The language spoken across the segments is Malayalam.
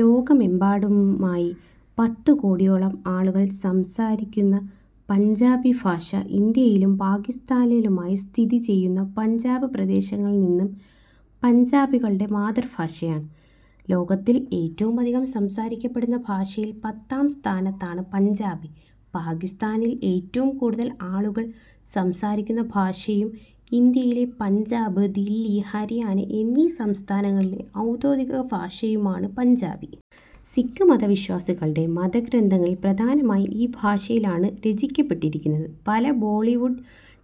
ലോകമെമ്പാടുമായി പത്തുകോടിയോളം ആളുകൾ സംസാരിക്കുന്ന പഞ്ചാബി ഭാഷ ഇന്ത്യയിലും പാകിസ്താനിലുമായി സ്ഥിതിചെയ്യുന്ന പഞ്ചാബ് പ്രദേശത്തുനിന്നുള്ള പഞ്ചാബികളുടെ മാതൃഭാഷയാണ്. ലോകത്തിൽ ഏറ്റവുമധികം സംസാരിക്കപ്പെടുന്ന ഭാഷകളിൽ പത്താം സ്ഥാനത്താണ് പഞ്ചാബി. പാക്കിസ്താനിൽ ഏറ്റവും കൂടുതൽ ആളുകൾ സംസാരിക്കുന്ന ഭാഷയും ഇന്ത്യയിലെ പഞ്ചാബ്, ദില്ലി, ഹരിയാന എന്നീ സംസ്ഥാനങ്ങളിലെ ഔദ്യോഗിക ഭാഷയുമാണ് പഞ്ചാബി. സിഖ് മതവിശ്വാസികളുടെ മതഗ്രന്ഥങ്ങൾ പ്രധാനമായും ഈ ഭാഷയിലാണ് രചിക്കപ്പെട്ടിരിക്കുന്നത്. പല ബോളിവുഡ്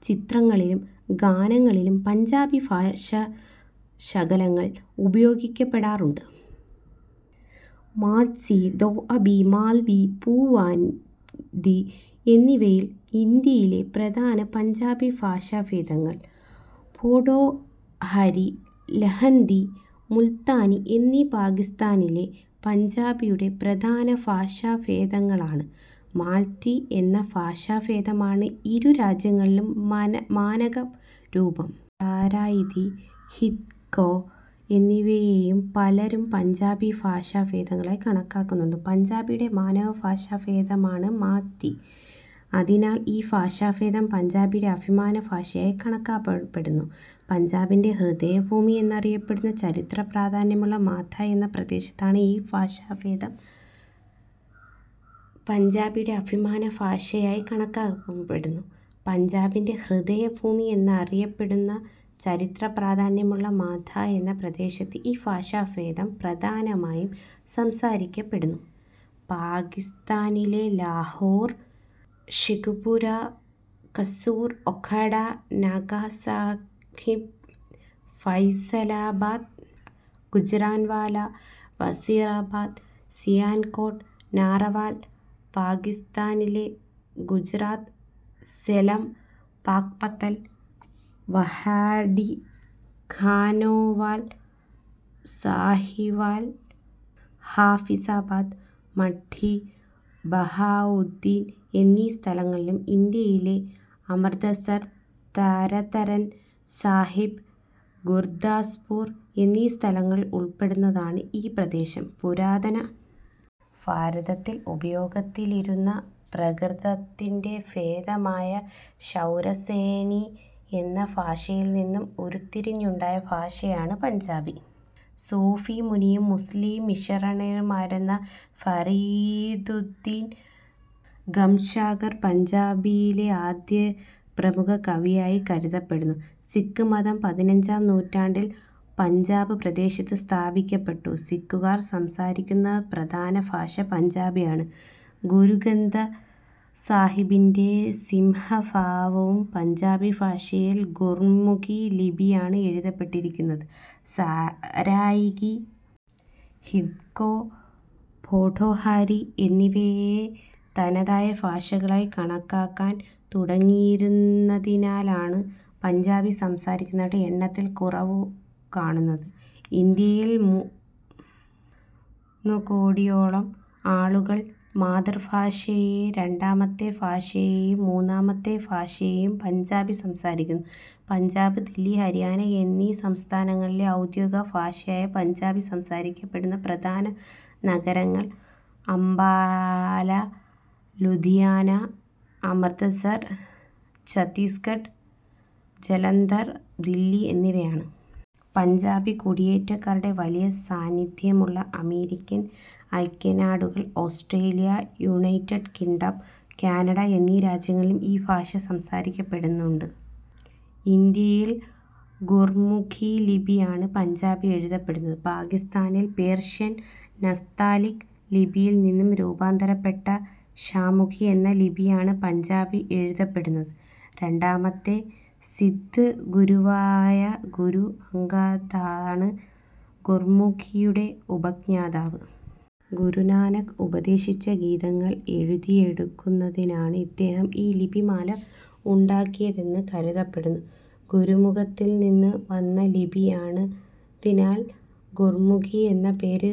ചലച്ചിത്രങ്ങളിലും ഗാനങ്ങളിലും പഞ്ചാബി ഭാഷാശകലങ്ങൾ ഉപയോഗിക്കപ്പെടാറുണ്ട്. മാഝി, ദോആബി, മാൽവി, പുവാധി എന്നിവയാണ് ഇന്ത്യയിലെ പ്രധാന പഞ്ചാബി ഭാഷാഭേദങ്ങൾ. പോഠോഹാരി, ലഹന്ദി, മുൽത്താനി എന്നിവ പാകിസ്താനിലെ പഞ്ചാബിയുടെ പ്രധാന ഭാഷാഭേദങ്ങളാണ്. മാഝി എന്ന ഭാഷാഭേദമാണ് ഇരു രാജ്യങ്ങളിലെയും മാന മാനക രൂപം. സരായികി, ഹിന്ദ്കോ എന്നിവയെയും പലരും പഞ്ചാബി ഭാഷാഭേദങ്ങളായി കണക്കാക്കുന്നുണ്ട്. പഞ്ചാബിയുടെ മാനക ഭാഷാഭേദമാണ് മാഝി. അതിനാൽ ഈ ഭാഷാഭേദം പഞ്ചാബിയുടെ അഭിമാന ഭാഷയായി കണക്കാക്കപ്പെടുന്നു. പഞ്ചാബിൻറെ ഹൃദയഭൂമി എന്നറിയപ്പെടുന്ന ചരിത്രപ്രാധാന്യമുള്ള മാഝാ എന്ന പ്രദേശത്താണ് ഈ ഭാഷാഭേദം പ്രധാനമായും സംസാരിക്കപ്പെടുന്നത്. പാകിസ്താനിലെ ലാഹോർ, ഷേഖൂപുര, കസൂർ, ഓക്കാഡ, നങ്കാനാ സാഹിബ്, ഫൈസലാബാദ്, ഗുജറാൻവാല, വസീറാബാദ്, സിയാൽകോട്ട്, നാറവാൽ, പാകിസ്താനിലെ ഗുജറാത്ത്, ഝെലം, പാക്പത്തൻ, വഹാഡി, ഖാനേവാൽ, സാഹീവാൽ, ഹാഫിസാബാദ്, മണ്ഡി ബഹാഉദ്ദീൻ എന്നീ സ്ഥലങ്ങളും ഇന്ത്യയിലെ അമൃത്സർ, തരൻതാരൻ സാഹിബ്, ഗുർദാസ്പുർ എന്നീ സ്ഥലങ്ങളും ഉൾപ്പെടുന്നതാണ് ഈ പ്രദേശം. പുരാതന ഭാരതത്തിൽ ഉപയോഗത്തിലിരുന്ന പ്രാകൃതത്തിൻറെ ഭേദമായ ശൗരസേനി എന്ന ഭാഷയിൽനിന്നും ഉരുത്തിരിഞ്ഞുണ്ടായ ഭാഷയാണ് പഞ്ചാബി. സൂഫി മുനിയും മുസ്ലിം മിഷണറിയുമായിരുന്ന ഫരീദുദ്ദീൻ ഗംജ്ശാകർ പഞ്ചാബിയിലെ ആദ്യ പ്രമുഖ കവിയായി കരുതപ്പെടുന്നു. സിഖ് മതം പതിനഞ്ചാം നൂറ്റാണ്ടിൽ പഞ്ചാബ് പ്രദേശത്ത് സ്ഥാപിക്കപ്പെട്ടു. സിഖുകാർ സംസാരിക്കുന്ന പ്രധാന ഭാഷ പഞ്ചാബിയാണ്. ഗുരു ഗ്രന്ഥ് സാഹിബിൻറെ സിംഹഭാഗവും പഞ്ചാബി ഭാഷയിൽ ഗുർമുഖി ലിപിയിലാണ് എഴുതപ്പെട്ടിരിക്കുന്നത്. സരായികി, ഹിന്ദ്കോ, പോഠോഹാരി എന്നിവയെ തനതായ ഭാഷകളായി കണക്കാക്കാൻ തുടങ്ങിയതിനാലാണ് പഞ്ചാബി സംസാരിക്കുന്നവരുടെ എണ്ണത്തിൽ കുറവു കാണുന്നത്. ഇന്ത്യയിൽ മൂന്നുകോടിയോളം ആളുകൾ മാതൃഭാഷയായോ രണ്ടാമത്തെ ഭാഷയായോ മൂന്നാമത്തെ ഭാഷയായോ പഞ്ചാബി സംസാരിക്കുന്നു. പഞ്ചാബ്, ദില്ലി, ഹരിയാന എന്നീ സംസ്ഥാനങ്ങളിലെ ഔദ്യോഗിക ഭാഷയായ പഞ്ചാബി സംസാരിക്കപ്പെടുന്ന പ്രധാന നഗരപ്രദേശങ്ങൾ അംബാല, ലുധിയാന, അമൃത്സർ, ചണ്ഡീഗഢ്, ജലന്തർ, ദില്ലി എന്നിവയാണ്. പഞ്ചാബി കുടിയേറ്റക്കാരുടെ വലിയ സാന്നിധ്യമുള്ള അമേരിക്കൻ ഐക്യനാടുകൾ, ഓസ്ട്രേലിയ, യുണൈറ്റഡ് കിങ്ഡം, കാനഡ എന്നീ രാജ്യങ്ങളിലും ഈ ഭാഷ സംസാരിക്കപ്പെടുന്നുണ്ട്. ഇന്ത്യയിൽ ഗുർമുഖി ലിപിയിലാണ് പഞ്ചാബി എഴുതപ്പെടുന്നത്. പാകിസ്താനിൽ പേർഷ്യൻ നസ്താലിക് ലിപിയിൽനിന്ന് രൂപാന്തരപ്പെട്ട ഷാമുഖി എന്ന ലിപിയിലാണ് പഞ്ചാബി എഴുതപ്പെടുന്നത്. രണ്ടാമത്തെ സിഖ് ഗുരുവായ ഗുരു അംഗദാണ് ഗുർമുഖിയുടെ ഉപജ്ഞാതാവ്. ഗുരു നാനാക്ക് ഉപദേശിച്ച ഗീതങ്ങൾ എഴുതിയെടുക്കുന്നതിനാണ് ഇദ്ദേഹം ഈ ലിപിമാല ഉണ്ടാക്കിയതെന്ന് കരുതപ്പെടുന്നു. ഗുരുമുഖത്തിൽനിന്ന് വന്ന ലിപിയായതിനാലാണ് ഗുർമുഖി എന്ന പേര്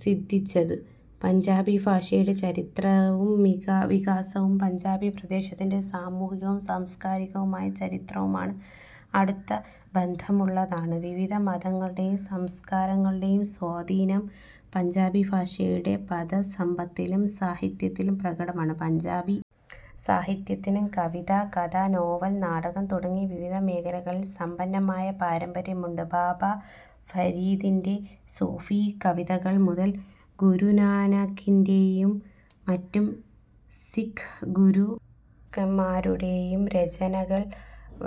സിദ്ധിച്ചത്. പഞ്ചാബി ഭാഷയുടെ ചരിത്രവും വികാസവും പഞ്ചാബ് പ്രദേശത്തിൻറെ സാമൂഹികവും സാംസ്കാരികവുമായ ചരിത്രവുമായി അടുത്ത ബന്ധമുള്ളതാണ്. വിവിധ മതങ്ങളുടെയും സംസ്കാരങ്ങളുടെയും സ്വാധീനം പഞ്ചാബി ഭാഷയുടെ പദസമ്പത്തിലും സാഹിത്യത്തിലും പ്രകടമാണ്. പഞ്ചാബി സാഹിത്യത്തിന് കവിത, കഥ, നോവൽ, നാടകം തുടങ്ങിയ വിവിധ മേഖലകളിൽ സമ്പന്നമായ പാരമ്പര്യമുണ്ട്. ബാബാ ഫരീദിൻറെ സൂഫി കവിതകൾ മുതൽ ഗുരു നാനാക്കിൻറെ യും മറ്റു സിഖ് ഗുരുക്കന്മാരുടെയും രചനകൾ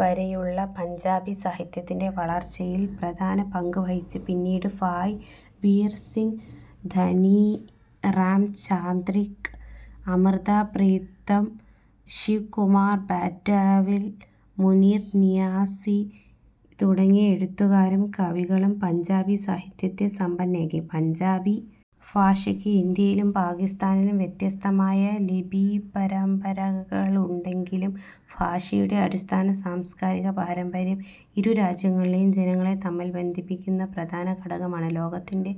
വരെയുള്ളവ പഞ്ചാബി സാഹിത്യത്തിൻറെ വളർച്ചയിൽ പ്രധാന പങ്കുവഹിച്ചു. പിന്നീട് ഭായ് വീർ സിംഗ്, ധനി റാം ചാത്രിക്, അമൃത പ്രീതം, ശിവ് കുമാർ ബറ്റാൽവി, മുനീർ നിയാസി തുടങ്ങിയ എഴുത്തുകാരും കവികളും പഞ്ചാബി സാഹിത്യത്തെ സമ്പന്നമാക്കി. പഞ്ചാബി ഭാഷയ്ക്ക് ഇന്ത്യയിലും പാകിസ്താനിലും വ്യത്യസ്തമായ ലിപിപാരമ്പര്യങ്ങളുണ്ടെങ്കിലും ഭാഷയുടെ അടിസ്ഥാന സാംസ്കാരിക പാരമ്പര്യം ഇരുരാജ്യങ്ങളിലെയും ജനങ്ങളെ തമ്മിൽ ബന്ധിപ്പിക്കുന്ന പ്രധാന ഘടകമാണ്. ലോകത്തിൻറെ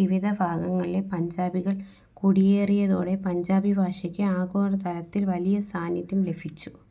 വിവിധ ഭാഗങ്ങളിലേക്ക് പഞ്ചാബികൾ കുടിയേറിയതോടെ പഞ്ചാബി ഭാഷയ്ക്കും ആഗോളതലത്തിൽ വലിയ സാന്നിധ്യം ലഭിച്ചു.